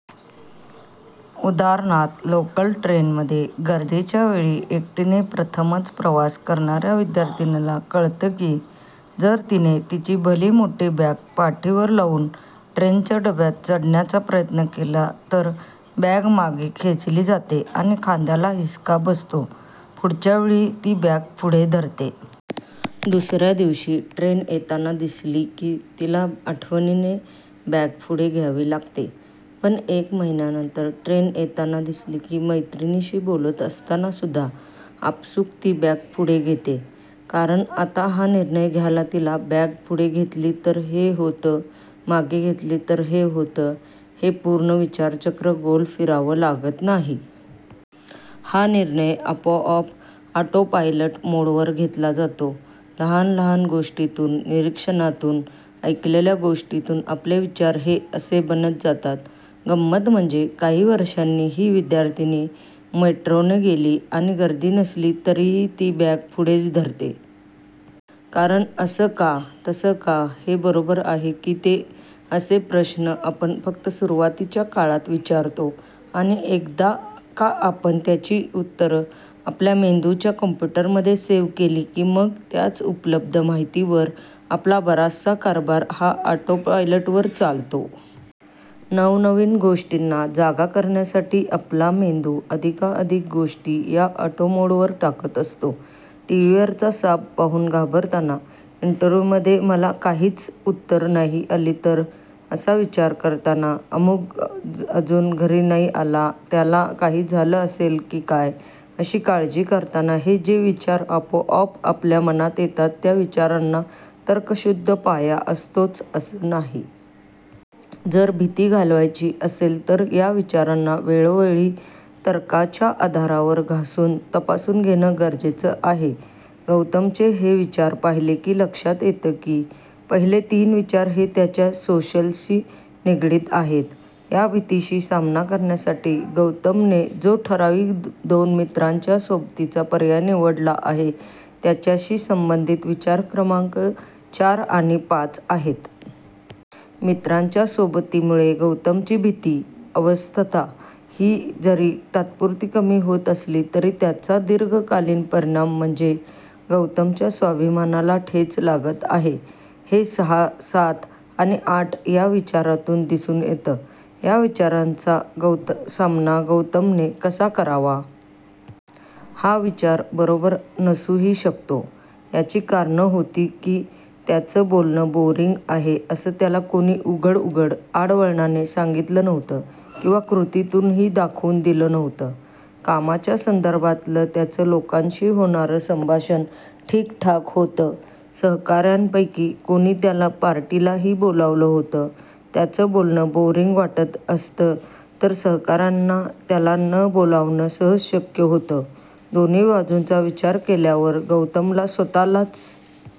उदाहरणार्थ लोकल ट्रेनमध्ये गर्दीच्या वेळी एकटीने प्रथमच प्रवास करणाऱ्या विद्यार्थिनीला कळतं की जर तिने तिची भली मोठी बॅग पाठीवर लावून ट्रेनच्या डब्यात चढण्याचा प्रयत्न केला तर बॅग मागे खेचली जाते आणि खांद्याला हिसका बसतो, पुढच्या वेळी ती बॅग पुढे धरते. दुसऱ्या दिवशी ट्रेन येताना दिसली की तिला आठवणीने बॅग पुढे घ्यावी लागते. पण एक महिन्यानंतर ट्रेन येताना दिसली की मैत्रिणीशी बोलत असतानासुद्धा आपसूक ती बॅग पुढे घेते. कारण आता हा निर्णय घ्यायला तिला, बॅग पुढे घेतली तर हे होतं, मागे घेतली तर ते होतं, हे पूर्ण विचारचक्र गोल फिरावं लागत नाही. हा निर्णय आपोआप ऑटोपायलट मोडवर घेतला जातो. लहान लहान गोष्टींतून, निरीक्षणांतून, ऐकलेल्या गोष्टींतून आपले विचार हे असे बनत जातात. गंमत म्हणजे काही वर्षांनी ही विद्यार्थिनी मेट्रोने गेली आणि गर्दी नसली तरीही ती बॅग पुढेच धरते. कारण, असं का, तसं का, हे बरोबर आहे की ते, असे प्रश्न आपण फक्त सुरुवातीच्या काळात विचारतो आणि एकदा का आपण त्यांची उत्तरं आपल्या मेंदूच्या कॉम्प्युटरमध्ये सेव्ह केली की मग त्याच उपलब्ध माहितिवर आपला बराचसा कारभार हा ऑटोपायलटवर चालतो. नवनवीन गोष्टींना जागा करण्यासाठी आपला मेंदू अधिकाधिक गोष्टी या ऑटो मोडवर टाकत असतो. टीव्हीवरचा साप पाहून घाबरताना, इंटरव्ह्यूमध्ये मला काहीच उत्तरं नाही आली तर, असा विचार करताना, अमूक अजून घरी नाही आला, त्याला काही झालं असेल की काय, अशी काळजी करताना हे जे विचार आपोआप आपल्या मनात येतात त्या विचारांना तर्कशुद्ध पाया असतोच असं नाही. जर भीती घालवायची असेल तर या विचारांना वेळोवेळी तर्काच्या आधारावर घासून, तपासून घेणं गरजेचं आहे. गौतमचे हे विचार पाहिले की लक्षात येतं की पहिले तीन विचार हे त्याच्या सोशलशी निगडीत आहेत. या भीतीशी सामना करण्यासाठी गौतमने जो ठराविक दोन मित्रांच्या सोबतीचा पर्याय निवडला आहे, त्याच्याशी संबंधित विचार क्रमांक चार आणि पाच आहेत. मित्रांच्या सोबतीमुळे गौतमची भीती, अस्वस्थता ही जरी तात्पुरती कमी होत असली तरी त्याचा दीर्घकालीन परिणाम म्हणजे गौतमच्या स्वाभिमानाला ठेच लागत आहे, हे सहा, सात आणि आठ या विचारांतून दिसून येतं. या विचारांचा सामना गौतमने कसा करावा? हा विचार बरोबर नसूही शकतो, याची कारणं होती की त्याचं बोलणं बोअरिंग आहे असं त्याला कोणी उघड उघड, आड वळणाने सांगितलं नव्हतं किंवा कृतीतूनही दाखवून दिलं नव्हतं. कामाच्या संदर्भातलं त्याचं लोकांशी होणारं संभाषण ठीकठाक होतं, सहकाऱ्यांपैकी कोणी त्याला पार्टीलाही बोलावलं होतं, त्याचं बोलणं बोअरिंग वाटत असतं तर सहकाऱ्यांना त्याला न बोलावणं सहज शक्य होतं. दोन्ही बाजूंचा विचार केल्यावर गौतमला स्वतःलाच